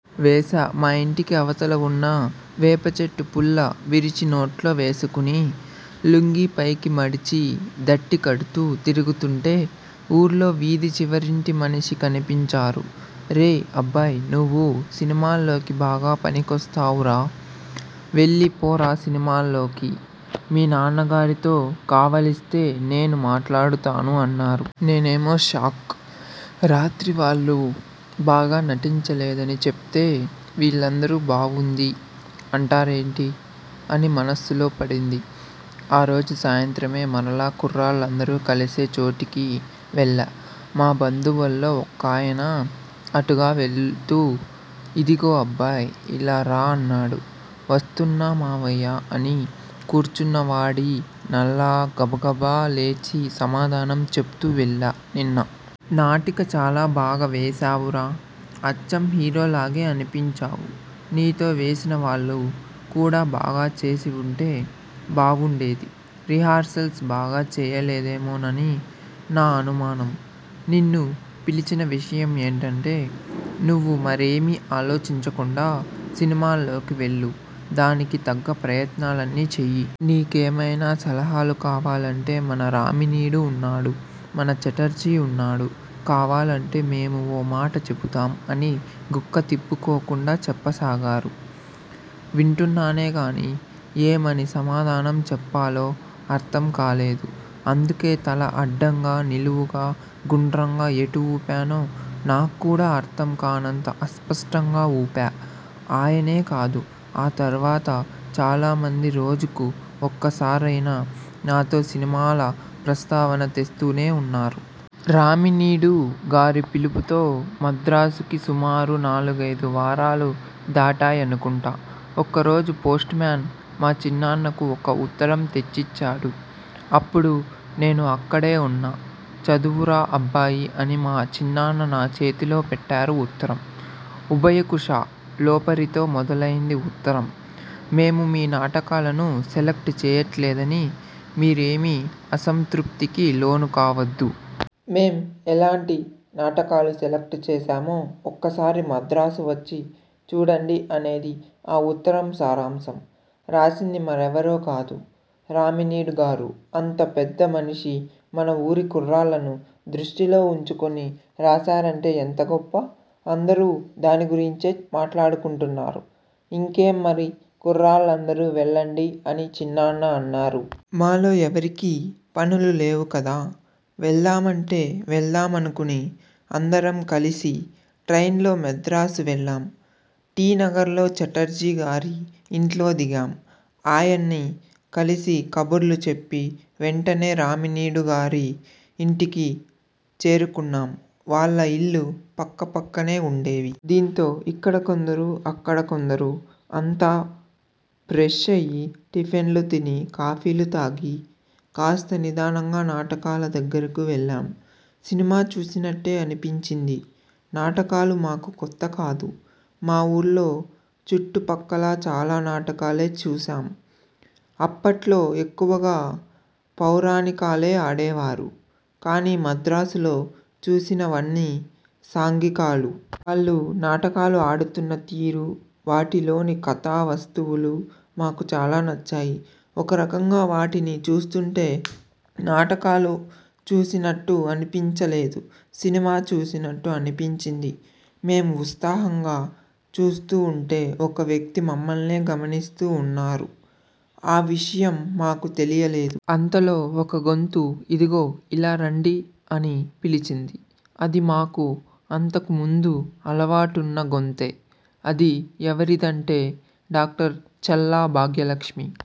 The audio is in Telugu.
వేశా, మా ఇంటికి అవతల ఉన్న వేపచెట్టు పుల్ల విరిచి నోట్లో వేసుకుని, లుంగీ పైకి మడిచి దట్టీ కడుతూ తిరుగుతుంటే, ఊళ్లో వీధి చివరింటి మనిషి కనిపించారు. రేయ్ అబ్బాయ్ నువ్వు సినిమాల్లోకి బాగా పనికొస్తావురా వెళ్లి పోరా సినిమాల్లోకి. మీ నాన్న గారితో కావలిస్తే నేను మాట్లాడుతాను అన్నారు. నేనేమో షాక్. రాత్రి వాళ్లు బాగా నటించలేదని చెప్తే, వీళ్లందరూ బావుంది అంటారేంటి? అని మనసులో పడింది. ఆ రోజు సాయంత్రమే మరలా కుర్రాళ్లందరూ కలిసే చోటికి వెళ్లా. మా బంధువుల్లో ఒకాయన అటుగా వెళ్తూ 'ఇదిగో అబ్బాయ్ ఇలా రా అన్నారు. వస్తున్నా మావయ్యా అని కూర్చున్నవాడి నల్లా గబగబా లేచి సమాధానం చెప్తూ వెళ్లా.నిన్న నాటిక చాలా బాగా వేశావురా. అచ్చం హీరోలాగే అనిపించావు. నీతో వేసిన వాళ్ళు కూడా బాగా చేసి ఉంటే బావుండేది. రిహార్సల్స్ బాగా చేయలేదేమోనని నా అనుమానం. నిన్ను పిలిచిన విషయం ఏంటంటే, నువ్వు మరేమీ ఆలోచించకుండా సినిమాల్లోకి వెళ్లు. దానికి తగ్గ ప్రయత్నాలన్నీ చెయ్యి. నీకైమైనా సలహాలు కావాలంటే మన రామినీడు ఉన్నాడు, మన ఛటర్జీ ఉన్నాడు కావాలంటే మేమూ ఓ మాట చెబుతాం అని గుక్క తిప్పుకోకుండా చెప్పసాగారు. వింటున్నానే కానీ, ఏమని సమాధానం చెప్పాలో అర్థం కాలేదు. అందుకే తల అడ్డంగా, నిలువుగా, గుండ్రంగా ఎటు ఊపానో నాక్కూడా అర్థం కానంత అస్పష్టంగా ఊపా ఆయనే కాదు ఆ తర్వాత చాలా మంది రోజుకు ఒక్క సారైనా నాతో సినిమాల ప్రస్తావన తెస్తూనే ఉన్నారు. రామినీడు గారి పిలుపుతో మద్రాసుకి సుమారు నాలుగైదు వారాలు దాటాయనుకుంటా. ఒకరోజు పోస్టుమేన్ మా చిన్నాన్నకు ఒక ఉత్తరం తెచ్చిచ్చాడు. అప్పుడు నేను అక్కడే ఉన్నా. చదువురా అబ్బాయి అని మా చిన్నాన్న నా చేతిలో పెట్టారు ఉత్తరం. ఉభయకుశ లోపరితో మొదలైంది ఉత్తరం.మేం మీ నాటకాలను సెలక్ట్ చేయట్లేదని మీరేమీ అసంతృప్తికి లోను కావద్దు. మేం ఎలాంటి నాటకాలు సెలక్ట్ చేసామో ఒకసారి మద్రాసు వచ్చి చూడండి అనేది ఆ ఉత్తరం సారాంశం. రాసింది మరెవరో కాదు రామినీడుగారు అంత పెద్ద మనిషి మన ఊరి కుర్రాళ్లను దృష్టిలో ఉంచుకుని రాశారంటే ఎంతగొప్ప. అందరూ దాని గురించే మాట్లాడుకుంటున్నారు. ఇంకేం మరి కుర్రాళ్లందరూ వెళ్లండి అని చిన్నాన్న అన్నారు. మాలో ఎవరికీ పనులు లేవు కదా వెళ్దా మంటే వెళ్దా మనుకుని అందరం కలిసి ట్రైన్లో మద్రాసు వెళ్లాం. టీ నగర్లో ఛటర్జీ గారి ఇంట్లో దిగాం. ఆయన్ని కలిసి కబుర్లు చెప్పి, వెంటనే రామినీడు గారి ఇంటికి చేరుకున్నాం. వాళ్ల ఇళ్లు పక్క పక్కనే ఉండేవి. దీంతో ఇక్కడ కొందరు, అక్కడ కొందరూ అంతా ఫ్రెష్ అయి టిఫిన్లు తిని, కాఫీలు తాగి, కాస్త నిదానంగా నాటకాల దగ్గరకు వెళ్లాం. సినిమా చూసినట్టే అనిపించింది నాటకాలు మాకు కొత్తకాదు. మా ఊళ్లో, చుట్టు పక్కలా చాలా నాటకాలే చూశాం. అప్పట్లో ఎక్కువగా పౌరాణికాలే ఆడేవారు కానీ మద్రాసులో చూసిన వన్నీ సాంఘికాలు. వాళ్లు నాటకాలు ఆడుతున్న తీరు, వాటిలోని కథా వస్తువులు మాకు చాలా నచ్చాయి. ఒక రకంగా వాటిని చూస్తుంటే నాటకాలు చూసినట్టు అనిపించ లేదు. సినిమా చూసినట్టు అనిపించింది. మేం ఉత్సాహంగా చూస్తూ ఉంటే ఒక వ్యక్తి మమ్మల్నే గమనిస్తూ ఉన్నారు. ఆవిషయం మాకు తెలియలేదు. అంతలో ఒక గొంతు ఇదిగో ఇలా రండి అని పిలిచింది. అది మాకు అంతకు ముందు అలవాటున్న గొంతే. అది ఎవరిదంటే డా. చల్లా భాగ్యలక్ష్మి